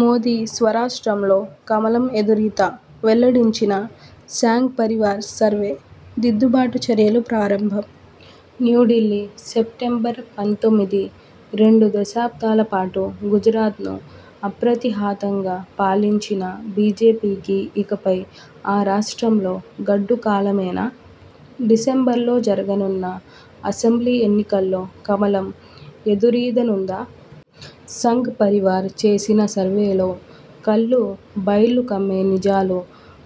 మోదీ స్వరాష్ట్రంలో కమలం ఎదురీత? వెల్లడించిన సంఘ్ పరివార్ సర్వే దిద్దుబాటు చర్యలు ప్రారంభం న్యూఢిల్లీ, సెప్టెంబర్ పంతొమ్మిది రెండు దశాబ్దాల పాటు గుజరాత్ను అప్రతి హతంగా పాలించిన బీజేపీకి ఇకపై ఆ రాష్ట్రంలో గడ్డు కాలమేనా? డిసెంబర్లో జరగనున్న అసెంబ్లీ ఎన్నికల్లో కమలం ఎదురీద నుందా? సంఘ్ పరివార్ చేసిన సర్వేలో కళ్లు బైర్లు కమ్మే నిజాలు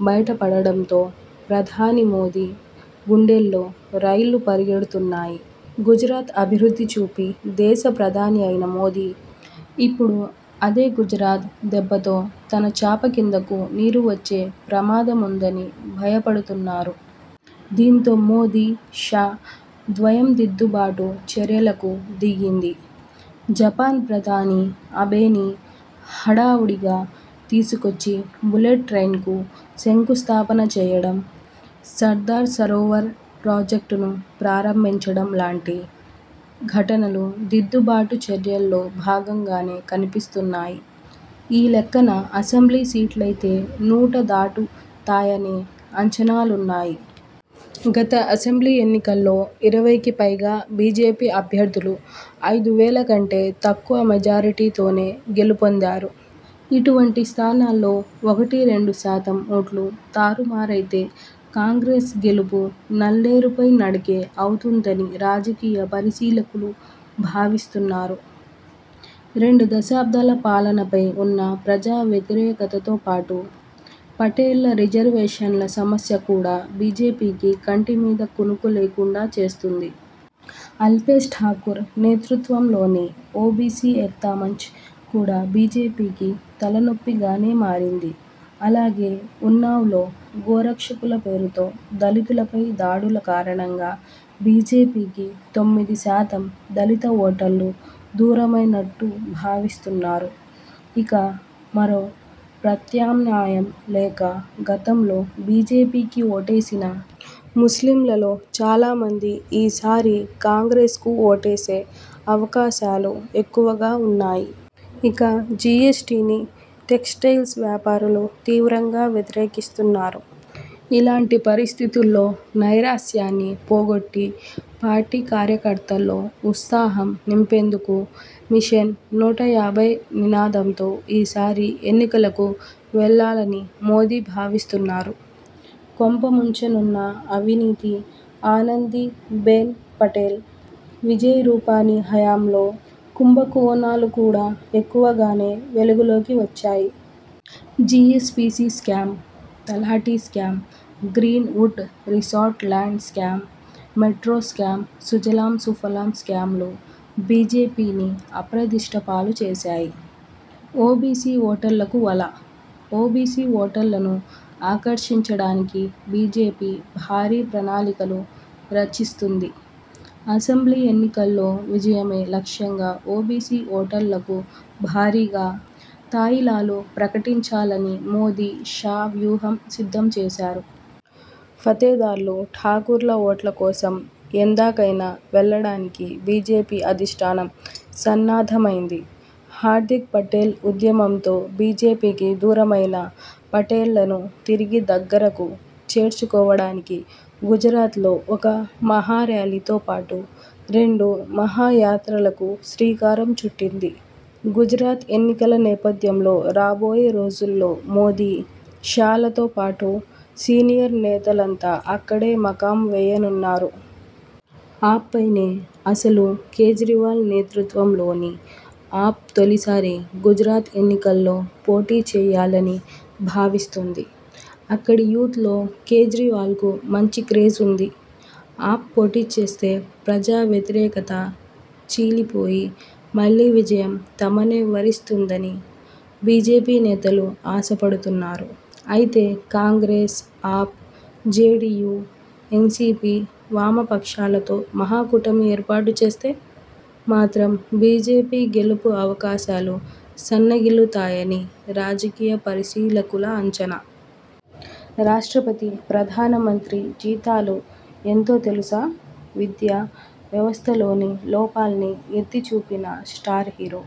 బయట పడడంతో ప్రధాని మోదీ గుండెల్లో రైళ్లు పరిగెడుతున్నాయి. గుజరాత్ అభివృద్ధి చూపి దేశ ప్రధాని అయిన మోదీ, ఇప్పుడు అదే గుజరాత్ దెబ్బతో తన చాప కిందకు నీరు వచ్చే ప్రమాద ముందని భయపడుతున్నారు. దీంతో మోదీ, షా ద్వయం దిద్దు బాటు చర్యలకు దిగింది. జపాన్ ప్రధాని అబేని హడా విడిగా తీసుకొచ్చి బుల్లెట్ ట్రైన్కు శంకుస్థాపన చేయడం, సర్దార్ సరోవర్ ప్రాజెక్టును ప్రారంభించడం లాంటి ఘటనలు దిద్దు బాటు చర్యల్లో భాగంగానే కనిపిస్తున్నాయి. ఈ లెక్కన అసెంబ్లీ సీట్లైతే నూట దాటు తాయనే అంచనా లున్నాయి. గత అసెంబ్లీ ఎన్నికల్లో ఇరవైకి పైగా బీజేపీ అభ్యర్థులు ఐదు వేల కంటే తక్కువ మెజారిటీ తోనే గెలు పొందారు. ఇటువంటి స్థానాల్లో ఒకటి, రెండు శాతం ఓట్లు తారుమారైతే కాంగ్రెస్ గెలుపు నల్లేరు పై నడకే అవుతుందని రాజకీయ పరిశీలకులు భావిస్తున్నారు. రెండు దశాబ్దాల పాలనపై ఉన్న ప్రజా వ్యతిరేకతతో పాటు, పటేళ్ల రిజర్వేషన్ల సమస్య కూడా బీజేపీకి కంటి మీద కునుకు లేకుండా చేస్తుం ది. అల్పేశ్ ఠాకూర్ నేతృత్వంలోని 'ఓబీసీ ఏక్తా మంచ్' కూడా బీజేపీకి తలనొప్పి గానే మారింది. అలాగే ఉనావ్లో గోరక్షకుల పేరుతో దళితుల పై దాడుల కారణంగా బీజేపీకి తొమ్మిది శాతం దళిత ఓటర్లు దూరమైనట్టు భావిస్తున్నారు. ఇక, మరో ప్రత్యామ్నాయం లేక గతంలో బీజేపీకి ఓటేసిన ముస్లింల లో చాలా మంది ఈ సారి కాంగ్రెస్ కు ఓటేసే అవకాశాలు ఎక్కువగా ఉన్నాయి. ఇక, జీఎస్టీని టెక్స్టైల్స్ వ్యాపారులు తీవ్రంగా వ్యతిరేకిస్తున్నారు. ఇలాంటి పరిస్థితుల్లో నైరాశ్యాన్ని పోగొట్టి పార్టీ కార్యకర్తల్లో ఉత్సాహం నింపేందుకు 'మిషన్, నూట యాభై' నినాదంతో ఈసారి ఎన్నికలకు వెళ్లాలని మోదీ భావిస్తున్నారు. కొంప ముంచనున్న అవినీతి ఆనంది బెన్ పటేల్, విజయ్ రూపాని హయాంలో కుంభ కోణాలు కూడా ఎక్కువగానే వెలుగు లోకి వచ్చాయి. GSPC scam, Talati scam, Green Wood Resort land scam, metro scam, Sujalam Sufalam స్కాంలు బీజేపీని అప్రదిష్ట పాలు చేశాయి. ఓబీసీ ఓటర్లకు వల ఓబీసీ ఓటర్లను ఆకర్షించడానికి బీజేపీ భారీ ప్రణాళికలు రచిస్తోంది. అసెంబ్లీ ఎన్నికల్లో విజయమే లక్ష్యంగా ఓబీసీ ఓటర్లకు భారీగా తాయిలాలుప్రకటించాలని మోదీ, షా వ్యూహం సిద్ధం చేశారు. ఫతేదార్లు, ఠాకూర్ల ఓట్ల కోసం ఎందాకైనా వెళ్లడానికి బీజేపీ అధిష్ఠానం సన్నద్దమైంది. హార్ధిక్ పటేల్ ఉద్యమంతో బీజేపీకి దూరమైన పటేళ్లను తిరిగి దగ్గరకు చేర్చు కోవడానికి గుజరాత్లో ఒక మహా ర్యాలీతో పాటు రెండు మహా యాత్రలకు శ్రీకారం చుట్టింది. గుజరాత్ ఎన్నికల నేపథ్యంలో రాబోయే రోజుల్లో మోదీ, షాలతో పాటు సీనియర్ నేత లంతా అక్కడే మకాం వేయనున్నారు. ఆప్పైనే ఆశలుకేజ్రీవాల్ నేతృత్వంలోని 'ఆప్' తొలిసారి గుజరాత్ ఎన్నికల్లో పోటీ చేయాలని భావిస్తోంది. అక్కడి యూత్లో కేజ్రీవాల్కు మంచి క్రేజ్ ఉంది. ఆప్ పోటీ చేస్తే ప్రజా వ్యతిరేకత చీలిపోయి మళ్లీ విజయం తమనే వరిస్తుందని బీజేపీ నేతలు ఆశ పడుతున్నారు. అయితే కాంగ్రెస్, ఆప్, జేడీయూ, ఎన్సీపీ, వామ పక్షాలతో మహా కూటమి ఏర్పాటు చేస్తే మాత్రం బీజేపీ గెలుపు అవకాశాలు సన్న గిల్లుతాయని రాజకీయ పరిశీలకుల అంచనా. రాష్ట్రపతి, ప్రధాన మంత్రి జీతాలు ఎంతో తెలుసా? విద్యా వ్యవస్థలోని లోపాల్ని ఎత్తి చూపిన స్టార్ హీరో